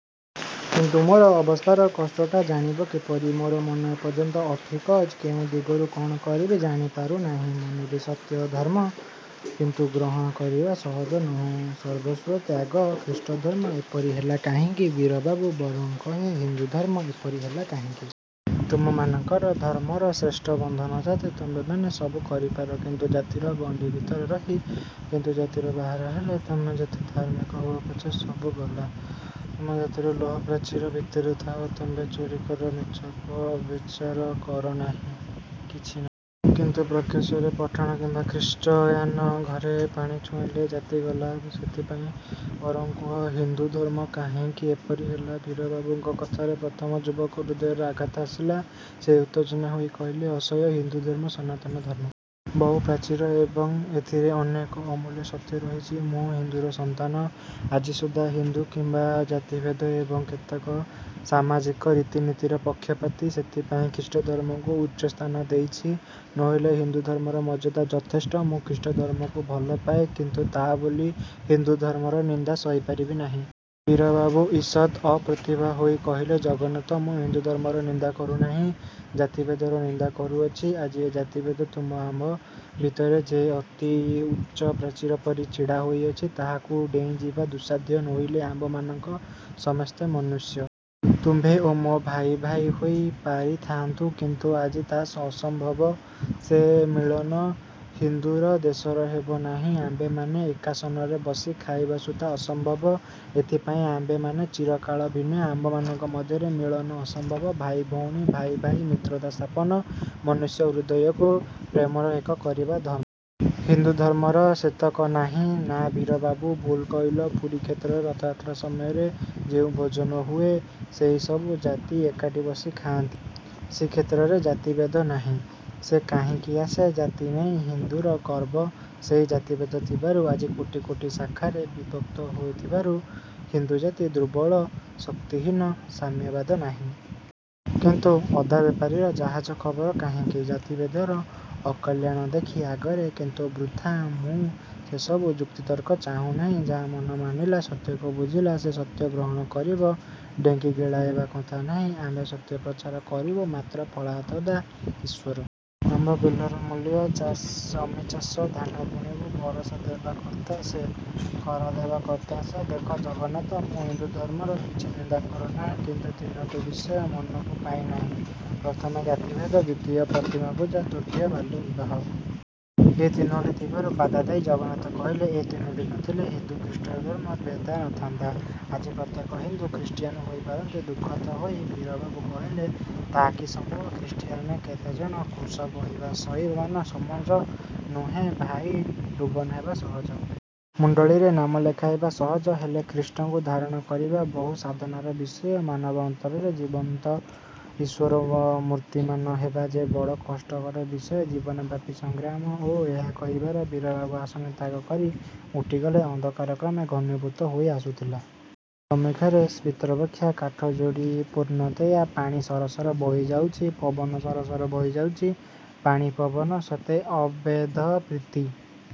କିନ୍ତୁ ମୋର ଅବସ୍ଥାର କଷ୍ଟଟା ଜାଣିବ କିପରି? ମୋର ମନ ଏପର୍ଯ୍ୟନ୍ତ ଅଠିକ୍। କେଉଁ ଦିଗରେ କ'ଣ କରିବି ଜାଣିପାରୁ ନାହିଁ। ମାନିଲି, ଧର୍ମ ସତ୍ୟ; କିନ୍ତୁ ଗ୍ରହଣ କରିବା ସହଜ ନୁହେଁ। ସର୍ବସ୍ୱ ତ୍ୟାଗ! ଖ୍ରୀଷ୍ଟଧର୍ମ ଏପରି ହେଲା କାହିଁକି ବୀରବାବୁ? " "ବରଂ କୁହେ ହିନ୍ଦୁଧର୍ମ ଏପରି ହେଲା କାହିଁକି? ତୁମ୍ଭମାନଙ୍କର ଧର୍ମର ଶ୍ରେଷ୍ଠ ବନ୍ଧନ ଜାତି। ତୁମ୍ଭେମାନେ ସବୁ କରିପାର କିନ୍ତୁ ଜାତିର ଗଣ୍ଡି-ଭିତରେ ରହି। କିନ୍ତୁ ଜାତିରୁ ବାହାର ହେଲେ, ତୁମ୍ଭେ ଯେଡ଼େ ଧାର୍ମିକ ହୁଅପଛେ, ସବୁ ଗଲା। ତୁମ୍ଭେ ଜାତିର ଲୌହପ୍ରାଚୀର ଭିତରେ ଥାଅ, ତୁମ୍ଭେ ଚୋରୀ- କର, ମିଛ କହ, ବ୍ୟଭିଚାର କର କିଛି ନାହିଁ। କିନ୍ତୁ ପ୍ରକାଶ୍ୟରେ ପଠାଣ କିମ୍ୱା ଖ୍ରୀଷ୍ଟିୟାନ ଘରେ ପାଣି ଛୁଇଁଲେ ଜାତି ଗଲା। ସେଥିପାଇଁ, ବରଂ କୁହ, ହିନ୍ଦୁ- ଧର୍ମ କାହିଁକି ଏପରି ହେଲା? " ବୀରବାବୁଙ୍କ କଥାରେ ପ୍ରଥମ ଯୁବକ ହୃଦୟରେ ଆଘାତ ଆସିଲା। ସେ ଉତ୍ତେଜିତ ହୋଇ କହିଲେ "ଅସହ୍ୟ। ହିନ୍ଦୁଧର୍ମ ସନାତନ ଧର୍ମ। ବହୁ ପ୍ରାଚୀନ ଏବଂ ସେଥିରେ ଅନେକ ଅମୂଲ୍ୟ ସତ୍ୟ ରହିଛି। ମୁଁ ହିନ୍ଦୁର ସନ୍ତାନ। ଆଜିସୁଦ୍ଧା ହିନ୍ଦୁ; କିନ୍ତୁ ଜାତିଭେଦ ଏବଂ କେତେକ ସାମାଜିକ ରୀତିନୀତିର ପକ୍ଷପାତୀ। ସେଥିପାଇଁ ଖ୍ରୀଷ୍ଟଧର୍ମକୁ ଉଚ୍ଚ ସ୍ଥାନ ଦେଇଛି। ନୋହିଲେ ହିନ୍ଦୁ ଧର୍ମର ମର୍ଯ୍ୟାଦା ଯଥେଷ୍ଟ। ମୁଁ ଖ୍ରୀଷ୍ଟଧର୍ମକୁ ଭଲ- ପାଏ; କିନ୍ତୁ ତା ବୋଲି ହିନ୍ଦୁଧର୍ମର ନିନ୍ଦା ସହିପାରିବି ନାହିଁ। " ବୀରବାବୁ ଈଷତ୍ ଅପ୍ରତିଭ ହୋଇ କହିଲେ "ଜଗନ୍ନାଥ, ମୁଁ ହିନ୍ଦୁଧର୍ମର ନିନ୍ଦା କରୁନାହିଁ। ଜାତିଭେଦର ନିନ୍ଦା କରୁଅଛି। ଆଜି ଜାତିଭେଦ ତୁମ୍ଭ ଆମ୍ଭ ଭିତରେ ଯେ ଅତି ଉଚ୍ଚ ପ୍ରାଚୀର ପରି ଠିଆ ହୋଇଅଛି ତାକୁ ଡେଇଁଯିବା ଦୁଃସାଧ୍ୟ; ନୋହିଲେ ଆମ୍ଭେମାନେ ସମସ୍ତେ ମନୁଷ୍ୟ। ତୁମ୍ଭେ ଓ ମୁଁ ଭାଇ ଭାଇ ହୋଇ ପାରିଥାନ୍ତୁ; କିନ୍ତୁ ଆଜି ତା' ଅସମ୍ଭବ। ସେ ମିଳନ ହିନ୍ଦୁର ଦେଶରେ ହେବ ନାହିଁ। ଆମ୍ଭେମାନେ ଏକାସନରେ ବସି ଖାଇବା ସୁଦ୍ଧା ଅସମ୍ଭବ। ଏଥିପାଇଁ ଆମ୍ଭେମାନେ ଚିରକାଳ ଭିନ୍ନ। ଆମ୍ଭମାନଙ୍କ ମଧ୍ୟରେ ମିଳନ ଅସମ୍ଭବ। ଭାଇ ଭଉଣୀ, ଭାଇ ଭାଇ ମିତ୍ରତା ସ୍ଥାପନ, ମନୁଷ୍ୟ ହୃଦୟକୁ ପ୍ରେମରେ ଏକ କରିବା ଧର୍ମ। ହିନ୍ଦୁଧର୍ମର ସେତକ ନାହିଁ। " "ନାଁ ବୀରବାବୁ, ଭୁଲ କହିଲ। ପୁରୀ ଶ୍ରୀକ୍ଷେତ୍ରରେ ରଥଯାତ୍ରା ସମୟରେ ଯେଉଁ ଭୋଜନ ହୁଏ, ସେଠି ସବୁ ଜାତି ଏକାଠି ବସି ଖାଆନ୍ତି। ଶ୍ରୀକ୍ଷେତ୍ରରେ ଜାତିଭେଦ ନାହିଁ। " "ସେ କାହିଁକି ଆସେ? ଜାତିନେଇ ହିନ୍ଦୁର ଗର୍ବ। ସେହି ଜାତିଭେଦ ଥିବାରୁ ଆଜି କୋଟି କୋଟି ଶାଖାରେ ବିଭକ୍ତ ହେବାରୁ ହିନ୍ଦୁଜାତି ଦୁର୍ବଳ, ଶକ୍ତିହୀନ, ସାମ୍ୟଭାବ ନାହିଁ। କିନ୍ତୁ ଅଦାବେପାରୀର ଜାହାଜ ଖବର କାହିଁକି? ଜାତିଭେଦର ଅକଲ୍ୟାଣ ଆଖି ଆଗରେ; କିନ୍ତୁ ବୃଥା। ମୁଁ ସେ ସବୁ ଯୁକ୍ତିତର୍କ ଚାହୁଁ ନାହିଁ। ଯାହାର ମନ ମାନିଲା ସତ୍ୟକୁ ବୁଝିଲା ସେ ସତ୍ୟ ସଂଗ୍ରହ କରିବ। ଢେଙ୍କି ଗିଳାଇବା କଥା ନାହିଁ। ଆମ୍ଭେ ସତ୍ୟ ପ୍ରଚାର କରିବୁ ମାତ୍ର ଫଳଦାତା ଈଶ୍ୱର। ଆମ୍ଭେ ବିଲର ମୂଲିଆ। ଜମିଚଷି ଧାନ ବୁଣିବୁ। ବରଷା ଦେବା କର୍ତ୍ତା ସେ, ଖରା ଦେବା କର୍ତ୍ତା ସେ-। ଦେଖ ଜଗନ୍ନାଥ, ମୁଁ ହିନ୍ଦୁଧର୍ମର କିଛି ନିନ୍ଦା କରୁନାହିଁ। କିନ୍ତୁ ତିନୋଟି ବିଷୟ ମୋ ମନକୁ ପାଇନାହିଁ। ପ୍ରଥମରେ ଜାତିଭେଦ, ଦ୍ୱିତୀୟ ପ୍ରତିମା ପୂଜା, ତୃତୀୟ ବାଲ୍ୟବିବାହ। ଏ ତିନୋଟି ଥିବାରୁ" ବାଧାଦେଇ ଜଗନ୍ନାଥ କହିଲେ, "ଏ ତିନୋଟି ନଥିଲେ ହିନ୍ଦୁ ଖ୍ରୀଷ୍ଟିୟାନ୍ର ଭେଦ ନ ଥାନ୍ତା। ଆଜି ପ୍ରତ୍ୟେକ ହିନ୍ଦୁ ଖ୍ରୀଷ୍ଟିୟାନ୍ ହୋଇପାରନ୍ତେ। " ଦୁଃଖିତ ହୋଇ ବୀରବାବୁ କହିଲେ, "ତା କି ସମ୍ଭବ? ଖ୍ରୀଷ୍ଟିୟାନ୍ କେତେ କଣ।? କ୍ରୁଶ ବହିବା ସହଜ ନୁହେଁ ଭାଇ; ଡୁବନ ହେବା ସହଜ। ମଣ୍ଡଳୀରେ ନାମ ଲେଖାଇବା ସହଜ। ହେଲେ ଖ୍ରୀଷ୍ଟଙ୍କୁ ଧାରଣ କରିବା ବହୁ ସାଧନାର ବିଷୟ। ମାନବ ଅନ୍ତରରେ ଜୀବନ୍ତ ଈଶ୍ୱର ମୂର୍ତ୍ତିମାନ ହେବା ଯେ ବଡ଼ କଷ୍ଟକର ବିଷୟ। ଜୀବନବ୍ୟାପୀ ସଂଗ୍ରାମ। ଓ... " ଏହା କହି ବୀରବାବୁ ଆସନ ତ୍ୟାଗ କରି ଉଠିଗଲେ। ଅନ୍ଧକାର କ୍ରମେ ଘନୀଭୂତ ହୋଇ ଆସୁଥିଲା-। ସମ୍ମୁଖରେ ସ୍ଫୀତବକ୍ଷା କାଠଯୋଡ଼ୀ ପୁଣ୍ୟତୋୟା। ପାଣି ସର ସର ବହିଯାଉଛି, ପବନ ସର ସର ବହିଯାଉଛି-। ପାଣି ପବନର ସତେ ଅଭେଦ ପ୍ରୀତି।